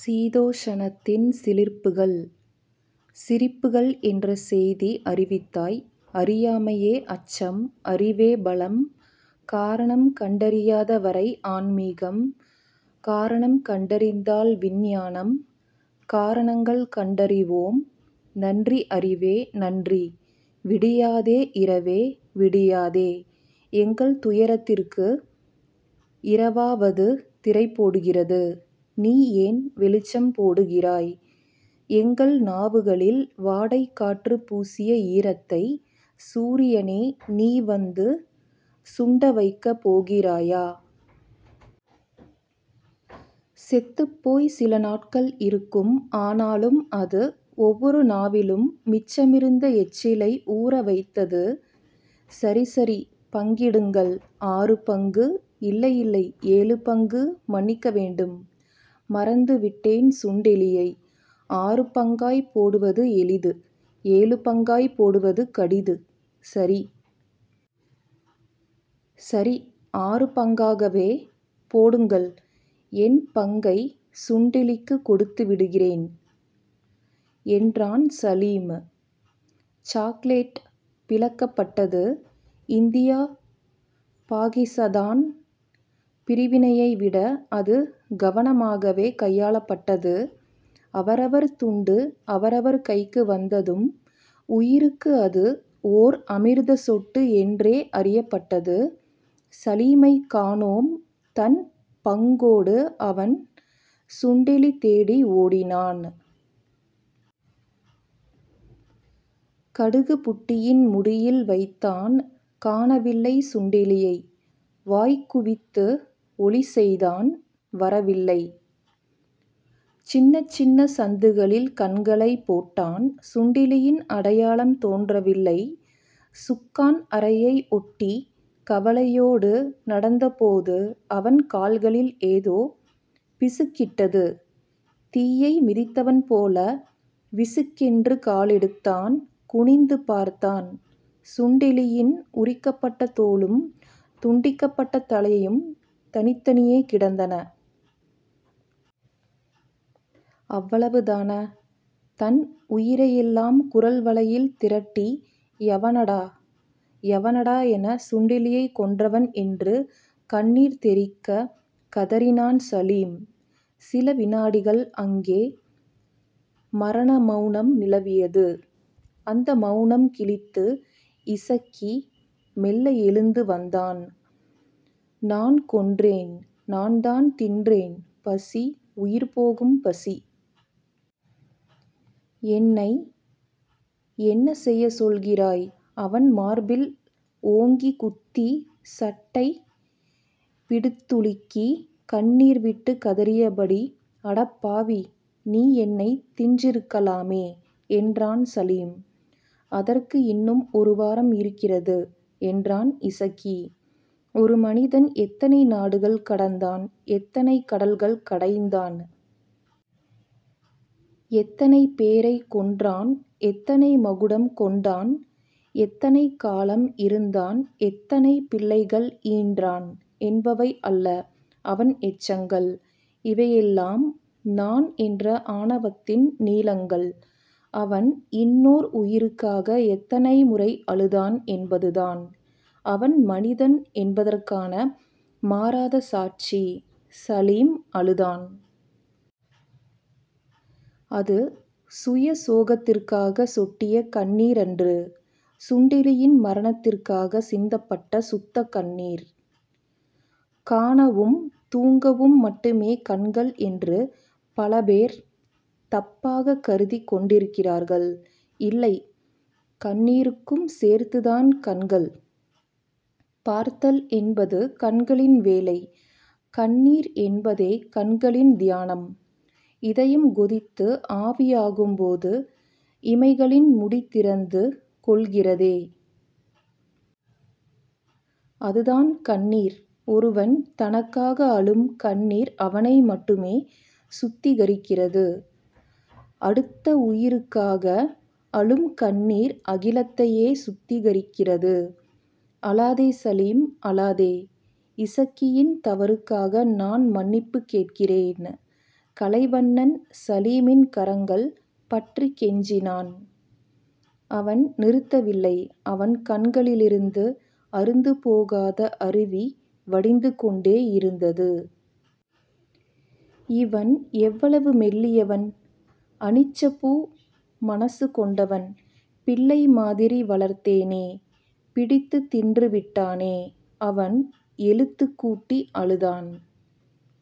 சீதோஷணத்தின் சிலிர்ப்புகள்... சிரிப்புகள் என்ற செய்தி அறிவித்தாய். அறியாமையே அச்சம். அறிவே பலம். காரணம் கண்டறியாதவரை ஆன்மீகம். காரணம் கண்டறிந்தால் விஞ்ஞானம். காரணங்கள் கண்டறிவோம். நன்றி அறிவே. நன்றி. விடியாதே இரவே. விடியாதே. எங்கள் துயரத்திற்கு இரவாவது திரைபோடுகிறது. நீ ஏன் வெளிச்சம் போடுகிறாய்? எங்கள் நாவுகளில் வாடைக்காற்று பூசிய ஈரத்தை சூரியனே நீ வந்து சுண்டவைக்கப் போகிறாயா? செத்துப்போய்ச் சில நாட்கள் இருக்கும். ஆனாலும், அது ஒவ்வொரு நாவிலும் மிச்சமிருந்த எச்சிலை ஊறவைத்தது. சரி சரி. பங்கிடுங்கள். ஆறு பங்கு. இல்லை. இல்லை. ஏழு பங்கு. மன்னிக்க வேண்டும். மறந்துவிட்டேன் சுண்டெலியை. ஆறு பங்காய்ப் போடுவது எளிது. ஏழு பங்காய்ப் போடுவது கடிது. சரி.. சரி. ஆறு பங்காகவே போடுங்கள். என் பங்கைச் சுண்டெலிக்குக் கொடுத்துவிடுகிறேன் என்றான் சலீம். சாக்லெட் பிளக்கப்பட்டது. இந்தியா பாகிஸதான் பிரிவினையைவிட அது கவனமாகவே கையாளப்பட்டது. அவரவர் துண்டு அவரவர் கைக்கு வந்ததும், உயிருக்கு அது ஓர் அமிர்தச் சொட்டு என்றே அறியப்பட்டது. சலீமைக் காணோம். தன் பங்கோடு அவன் சுண்டெலி தேடி ஓடினான். கடுகுபுட்டியின் முடியில் வைத்தான். காணவில்லை சுண்டெலியை. வாய்குவித்து ஒலிசெய்தான். வரவில்லை. சின்னச் சின்னச் சந்துகளில் கண்களைப் போட்டான். சுண்டெலியின் அடையாளம் தோன்றவில்லை. சுக்கான் அறையை ஒட்டிக் கவலையோடு நடந்தபோது அவன் கால்களில் ஏதோ பிசுக்கிட்டது. தீயை மிதித்தவன்போல விசுக்கென்று காலெடுத்தான், குனிந்து பார்த்தான். சுண்டெலியின் உரிக்கப்பட்ட தோலும், துண்டிக்கப்பட்ட தலையும் தனித்தனியே கிடந்தன. அவ்வளவுதான. தன் உயிரையெல்லாம் குரல்வளையில் திரட்டி எவனடா. எவனடா என சுண்டெலியைக் கொன்றவன் என்று கண்ணீர் தெறிக்கக் கதறினான் சலீம். சில விநாடிகள் அங்கே மரணமெளனம் நிலவியது. அந்த மெளனம் கிழித்து இசக்கி மெல்ல எழுந்துவந்தான். நான் கொன்றேன், நான்தான் தின்றேன். பசி, உயிர்போகும் பசி. என்னை என்ன செய்யச் சொல்கிறாய்? அவன் மார்பில் ஓங்கிக் குத்தி, சட்டை பிடித்துலுக்கி, கண்ணீர்விட்டுக் கதறியபடி அடப்பாவி. நீ என்னைத் தின்றிருக்கலாமே என்றான் சலீம். அதற்கு இன்னும் ஒரு வாரம் இருக்கிறது. என்றான் இசக்கி. ஒரு மனிதன் எத்தனை நாடுகள் கடந்தான். எத்தனை கடல்கள் கடைந்தான். எத்தனை பேரைக் கொன்றான். எத்தனை மகுடம் கொண்டான். எத்தனை காலம் இருந்தான். எத்தனை பிள்ளைகள் ஈன்றான் என்பவை அல்ல அவன் எச்சங்கள். இவையெல்லாம் நான் என்ற ஆணவத்தின் நீளங்கள். அவன் இன்னோர் உயிருக்காக எத்தனைமுறை அழுதான் என்பதுதான், அவன் மனிதன் என்பதற்கான மாறாத சாட்சி. சலீம் அழுதான். அது சுயசோகத்திற்காகச் சொட்டிய கண்ணீரன்று. சுண்டெலியின் மரணத்திற்காகச் சிந்தப்பட்ட சுத்தக் கண்ணீர். காணவும் தூங்கவும் மட்டுமே கண்கள் என்று பலபேர் தப்பாகக் கருதிக் கொண்டிருக்கிறார்கள். இல்லை கண்ணீருக்கும் சேர்த்துத்தான் கண்கள். பார்த்தல் என்பது கண்களின் வேலை. கண்ணீர் என்பதே கண்களின் தியானம். இதயம் கொதித்து ஆவியாகும்போது இமைகளின் முடி திறந்து கொள்கிறதே... அதுதான் கண்ணீர். ஒருவன் தனக்காக அழும் கண்ணீர் அவனைமட்டுமே சுத்திகரிக்கிறது. அடுத்த உயிருக்காக அழும் கண்ணீர் அகிலத்தையே சுத்திகரிக்கிறது. அழாதே சலீம். அழாதே. இசக்கியின் தவறுக்காக நான் மன்னிப்புக் கேட்கிறேன் கலைவண்ணன் சலீமின் கரங்கள் பற்றிக் கெஞ்சினான். அவன் நிறுத்தவில்லை. அவன் கண்களிலிருந்து அறுந்துபோகாத அருவி வடிந்து கொண்டேயிருந்தது. இவன் எவ்வளவு மெல்லியவன். அனிச்சப்பூ மனசு கொண்டவன். பிள்ளை மாதிரி வளர்த்தேனே. பிடித்துத் தின்றுவிட்டானே. அவன் எழுத்துக் கூட்டி அழுதான்.